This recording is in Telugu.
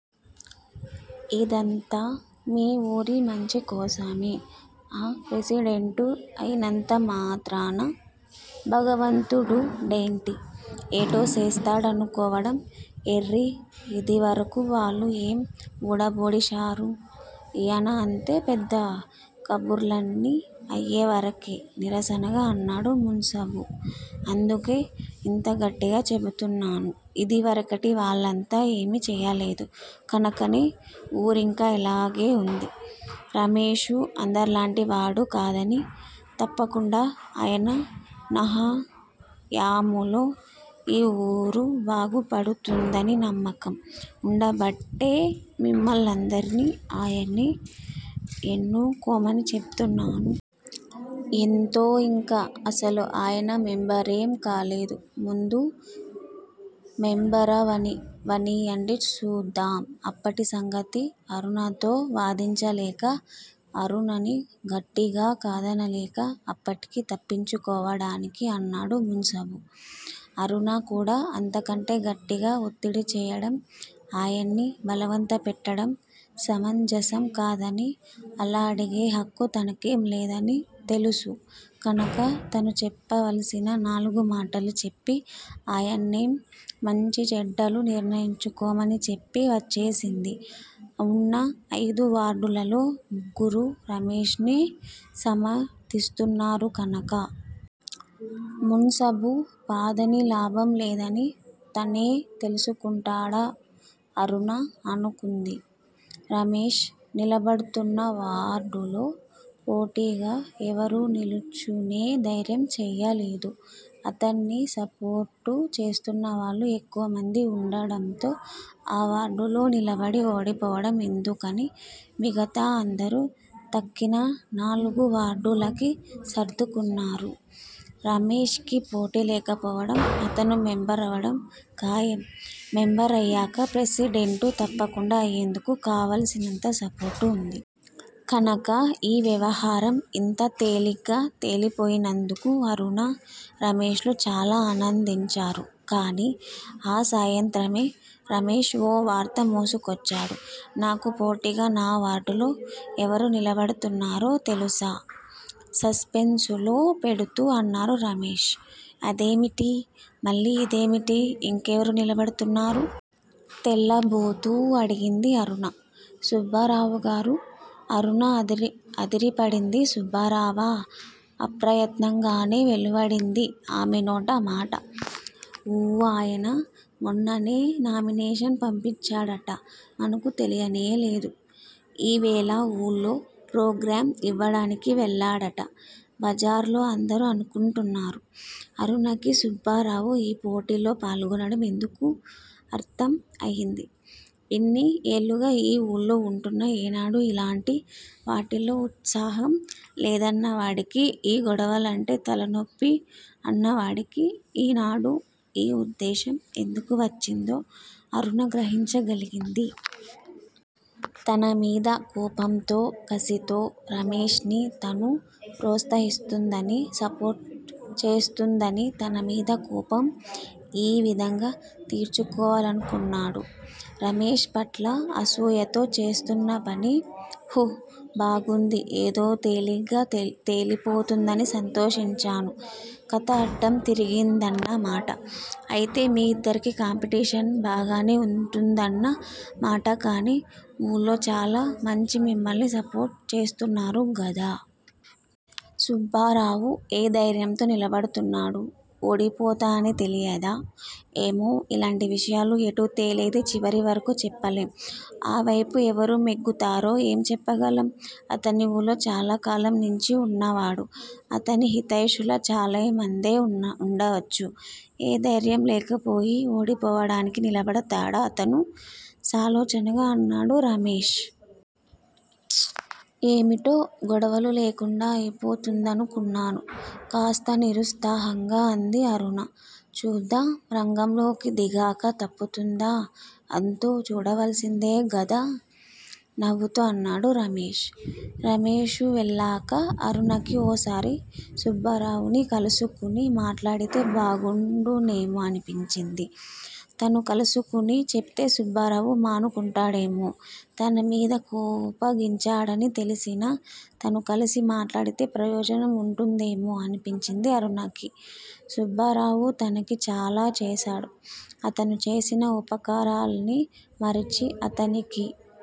ఇదంతా మీ ఊరి మంచికోసమే. ఆప్రెసిడెంటు అయినంతమాత్రాన భగవంతుడుడేంటి, ఏటో సేస్తాడనుకోవడం ఎర్రి ఇదివరకు వాళ్ళు ఏం వూడబొడిశారు? ఈయనఅంతే పెద్ద కబుర్లన్నీ అయ్యేవరకే నిరసనగా అన్నాడు మున్సబు. అందుకే ఇంతగట్టిగా చెబుతున్నాను. ఇదివరకటి వాళ్ళంతా ఏమీ చెయ్యలేదు కనకనే వూరింకా ఇలాగే ఉంది. రమేషు అందరిలాంటివాడు కాదని, తప్పకుండా ఆయనహయాములో ఈ ఊరు బాగుపడుతుందనినమ్మకం ఉండబట్టే మిమ్మల్నందరిని ఆయన్నే యెన్నుకోమనిచెపుతున్నాను. ఎంతోఇంకా అసలు ఆయనమెంబరేం కాలేదు. ముందు మెంబరవనీయండి సూద్దాం. అప్పటిసంగతి అరుణతో వాదించలేక, అరుణని గట్టిగా కాదనలేక అప్పటికి తప్పించుకోవడానికి అన్నాడు మున్సబు. అరుణకూడా అంతకంటే గట్టిగా ఒత్తిడి చేయడం, ఆయన్ని బలవంతపెట్టడం సమంజసం కాదని అలా అడిగే హక్కు తనకేం లేదని తెలుసు కనక తను చెప్పవల్సిన నాలుగు మాటలు చెప్పి ఆయన్నేం మంచిచెడ్డలు నిర్ణయించుకోమని చెప్పి వచ్చేసింది ఉన్న అయిదు వార్డులలో ముగ్గురు రమేష్ నే సమర్ధిస్తున్నారు కనక. మున్సబు కాదని లాభంలేదని తనే తెలుసుకుంటాడా అరుణ అనుకుంది. రమేష్ నిలబడుతున్న వార్డులో పోటీగా ఎవరూ నిలుచునే ధైర్యం చెయ్యలేదు. అతన్ని సపోర్టు చేస్తున్నవాళ్ళు ఎక్కువమంది ఉండడంతో ఆ వార్డులోనిలబడి ఓడిపోవడం ఎందుకని మిగతా అందరూ తక్కిన నాలుగు వార్డులకి సర్దుకున్నారు. రమేష్ కి పోటీ లేకపోవడం, అతను మెంబరవడం ఖాయం మెంబరయ్యాక ప్రెసిడెంటు తప్పకుండా అయ్యేందుకు కావలసినంత సపోర్టు ఉంది. కనక ఈ వ్యవహారం ఇంత తేలిగ్గా తేలిపోయినందుకు అరుణ, రమేష్ లు చాలా ఆనందించారు కానీ, ఆ సాయంత్రమే రమేష్ ఓ వార్త మోసుకొచ్చాడు. నాకు పోటీగా నా వార్డులో ఎవరు నిలబడుతున్నారో తెలుసా? సస్పెన్సులో పెడుతూ అన్నారు రమేష్. అదేమిటి? మళ్ళీ ఇదేమిటి? ఇంకెవరు నిలబడుతున్నారు? తెల్లబోతూఅడిగింది అరుణ. సుబ్బారావుగారు: అరుణఅదిరిపడింది సుబ్బారావా అప్రయత్నంగానే వెలువడింది ఆమెనోట మాట. ఊ ఆయన మొన్ననే నామినేషన్ పంపించాడట మనకు తెలియనేలేదు. ఈవేళ ఊళ్ళో ప్రోగ్రాం ఇవ్వడానికి వెళ్ళాడట. బజార్లో అందరూ అనుకుంటున్నారు. అరుణకి సుబ్బారావు ఈ పోటీలో పాల్గొనడం ఎందుకు అర్ధం అయింది. ఇన్ని ఏళ్ళుగా ఈ ఊళ్ళో ఉంటున్నా ఏనాడూ ఇలాంటి వాటిల్లో ఉత్సాహం లేదన్నవాడికి ఈ గొడవలంటే తలనొప్పి అన్నవాడికి ఈ నాడు ఈ ఉద్దేశం ఎందుకువచ్చిందో అరుణ గ్రహించగలిగింది. తనమీద కోపంతో, కసితో రమేష్ ని తను ప్రోత్సహిస్తుందని, సపోర్టు చేస్తూందని తనమీద కోపం యీ విధంగా తీర్చుకోవాలనుకున్నాడు. రమేష్ పట్ల అసూయతో చేస్తున్నపని: హుబాగుంది ఏదో తేలిగ్గా తేలిపోతుందని సంతోషించాను కథ అడ్డం తిరిగిందన్నమాట. అయితే మీ ఇద్దరికీ కాంపిటీషన్ బాగానే ఉంటుందన్న మాటకానీ ఊళ్ళో చాలా మంచిమిమ్మల్ని సపోర్టు చేస్తున్నారు గదా? సుబ్బారావు ఏ ధైర్యంతో నిలబడుతున్నాడు? ఓడిపోతానని తెలియదా? ఏమో? ఇలాంటి విషయాలు ఎటు తేలేది చివరివరకు చెప్పలేం. ఆ వైపు ఎవరు మొగ్గుతారో ఏం చెప్పగలం? అతనీఊళ్ళో చాలాకాలం నించిఉన్నవాడు. అతని హితైషులు చాలా మందే ఉండవచ్చు:ఏ ధైర్యం లేకపోయి ఓడిపోవడానికి నిలబడతాడా అతను? సాలోచనగా అన్నాడు రమేష్. ప్చ్ ఏమిటో గొడవలు లేకుండా అయిపోతుందనుకున్నాను. కాస్త నిరుత్సాహంగా అంది అరుణ. చూద్దాం రంగంలోకి దిగాక తప్పుతుందా అంతు చూడవలసిందేగదా? నవ్వుతూ అన్నాడు రమేష్. రమేషు వెళ్ళాక అరుణకి ఓసారి సుబ్బారావుని కలుసుకుని మాట్లాడితే బాగుండునేమో అనిపించింది తను కలుసుకుని చెపితే సుబ్బారావు మానుకుంటాడేమో తనమీద కోపగించాడని తెలిసినా, తనుకలిసి మాట్లాడితే ప్రయోజనం ఉంటుందేమో అనిపించింది అరుణకి, సుబ్బారావు తనకి చాలా చేశాడు. అతను చేసిన ఉపకారాలని మరచి, అతనికి